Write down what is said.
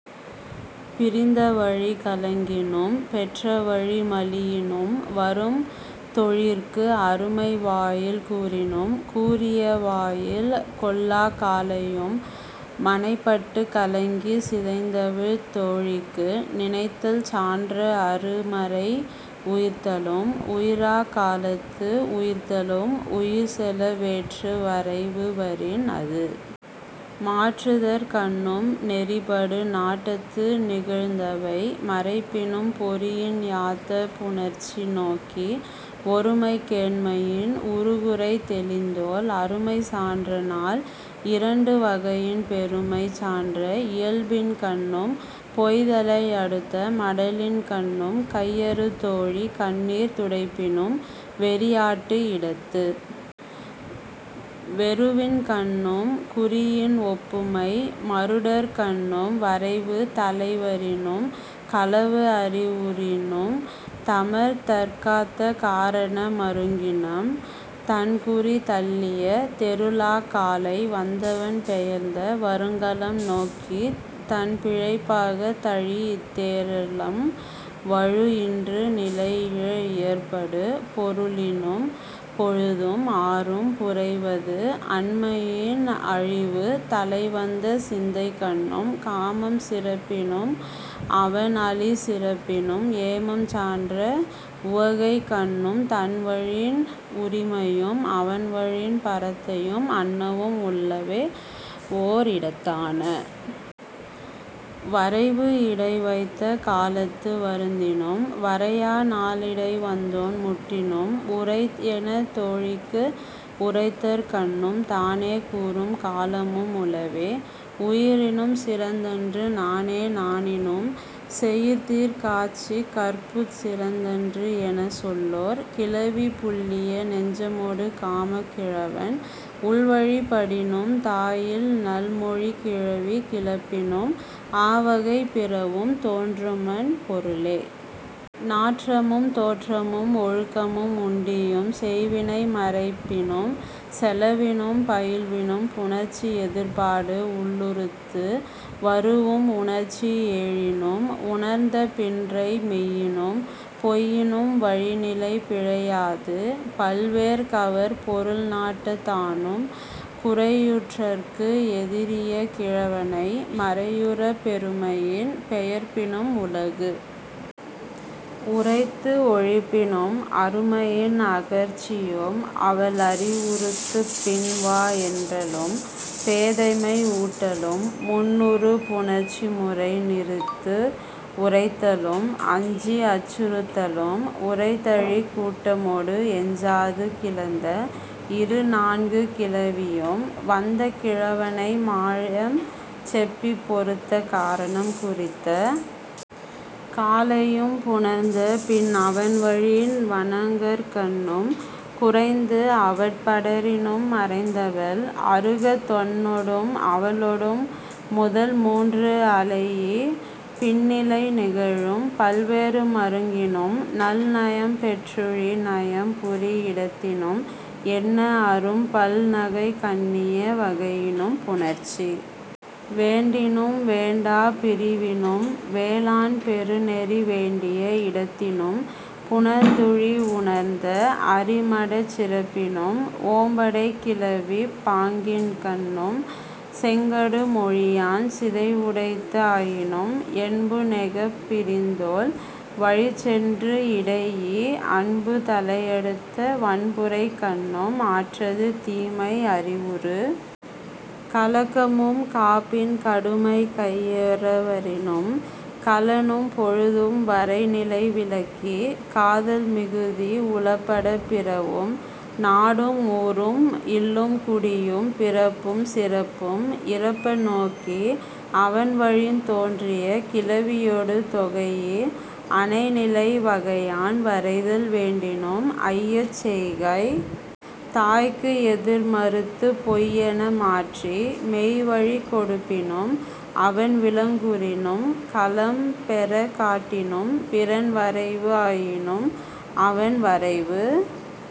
பிரிந்தவழிக் கலங்கினும் பெற்றவழி மலியினும் வரும் தொழிற்கு அருமை வாயில் கூறினும் கூறிய வா யில் கொள்ளாக் காலையும் மனைப் பட்டுக் கலங்கிச் சிதைந்தவழித் தோழிக்கு நினைத்தல் சான்ற அரு மறை உயிர்த்தலும் உயிராக் காலத்து உயிர்த்தலும் உயிர் செல வேற்று வரைவு வரின் அது மாற்றுதற்கண்ணும் நெறி படு நாட்டத்து நிகழ்ந்தவை மறைப்பினும் பொறியின் யாத்த புணர்ச்சி நோக்கி ஒருமைக் கேண்மையின் உறு குறை தெளிந்தோள் அருமை சான்ற நால் இரண்டு வகையின் பெருமை சான்ற இயல்பின்கண்ணும் பொய் தலை அடுத்த மடலின்கண்ணும் கையறு தோழி கண்ணீர் துடைப்பினும் வெறியாட்டு இடத்து வெருவின்கண்ணும் குறியின் ஒப்புமை மருடற்கண்ணும் வரைவு தலைவரினும் களவு அறிவுறினும் தமர் தற் காத்த காரண மருங்கினும் தன் குறி தள்ளிய தெருளாக் காலை வந்தவன் பெயர்ந்த வறுங் களம் நோக்கித் தன் பிழைப்பாகத் தழீஇத் தேறலும் வழு இன்று நிலைஇய இயற்படு பொருளினும் பொழுதும் ஆறும் புரைவது அன்மையின் அழிவு தலைவந்த சிந்தைக்கண்ணும் காமம் சிறப்பினும் அவன் அளி சிறப்பினும் ஏமம் சான்ற உவகைக்கண்ணும் தன்வயின் உரிமையும் அவன்வயின் பரத்தையும் அன்னவும் உளவே ஓர் இடத்தான. வரைவு இடை வைத்த காலத்து வருந்தினும் வரையா நாளிடை வந்தோன் முட்டினும் உரை எனத் தோழிக்கு உரைத்தற்கண்ணும் தானே கூறும் காலமும் உளவே. உயிரினும் சிறந்தன்று நாணே நாணினும் செயிர் தீர் காட்சிக் கற்புச் சிறந்தன்று எனத் தொல்லோர் கிளவி புல்லிய நெஞ்சமொடு காமக் கிழவன் உள்வழிப் படினும் தா இல் நல் மொழி கிழவி கிளப்பினும் ஆ வகை பிறவும் தோன்றுமன் பொருளே. நாற்றமும் தோற்றமும் ஒழுக்கமும் உண்டியும் செய் வினை மறைப்பினும் செலவினும் பயில்வினும் புணர்ச்சி எதிர்ப்பாடு உள்ளுறுத்து வரூஉம் உணர்ச்சி ஏழினும் உணர்ந்த பின்றை மெய்யினும் பொய்யினும் வழிநிலை பிழையாது பல் வேறு கவர் பொருள் நாட்டத்தானும் குறையுறற்கு எதிரிய கிழவனை மறையுறப் பெருமையின் பெயர்ப்பினும் உலகு உரைத்து ஒழிப்பினும் அருமையின் அகற்சியும் அவள் அறிவுறுத்துப் பின் வா என்றலும் பேதைமை ஊட்டலும் முன் உறு புணர்ச்சி முறை நிறுத்து உரைத்தலும் அஞ்சி அச்சுறுத்தலும் உரைத்துழிக் கூட்டமொடு எஞ்சாது கிளந்த இரு நான்கு கிளவியும் வந்த கிழவனை மாயம் செப்பிப் பொறுத்த காரணம் குறித்த காலையும் புணர்ந்த பின் அவன்வயின் வணங்கற்கண்ணும் குறைந்து அவட் படரினும் மறைந்தவள் அருக தன்னொடும் அவளொடும் முதல் மூன்று அளைஇ பின்னிலை நிகழும் பல் வேறு மருங்கினும் நல் நயம் பெற்றுழி நயம் புரி இடத்தினும் எண்ண அரும் பல் நகை கண்ணிய வகையினும் புணர்ச்சி வேண்டினும் வேண்டாப் பிரிவினும் வேளாண் பெரு நெறி வேண்டிய இடத்தினும் புணர்ந்துழி உணர்ந்த அறி மடச் சிறப்பினும் ஓம்படைக் கிளவிப் பாங்கின்கண்ணும் செங் கடு மொழியான் சிதைவுடைத்து ஆயினும் என்பு நெகப் பிரிந்தோள் வழிச் சென்று கடைஇ அன்பு தலையடுத்த வன்புறைக்கண்ணும் ஆற்றது தீமை அறிவுறு கலக்கமும் காப்பின் கடுமை கையற வரினும் களனும் பொழுதும் வரை நிலை விலக்கி காதல் மிகுதி உளப்படப் பிறவும் நாடும் ஊரும் இல்லும் குடியும் பிறப்பும் சிறப்பும் இறப்ப நோக்கி அவன்வயின் தோன்றிய கிளவியொடு தொகைஇ அனை நிலை வகையான் வரைதல் வேண்டினும் ஐயச் செய்கை தாய்க்கு எதிர் மறுத்து பொய் என மாற்றி மெய்வழிக் கொடுப்பினும் அவன் விலங்குறினும் களம் பெறக் காட்டினும் பிறன் வரைவு ஆயினும் அவன் வரைவு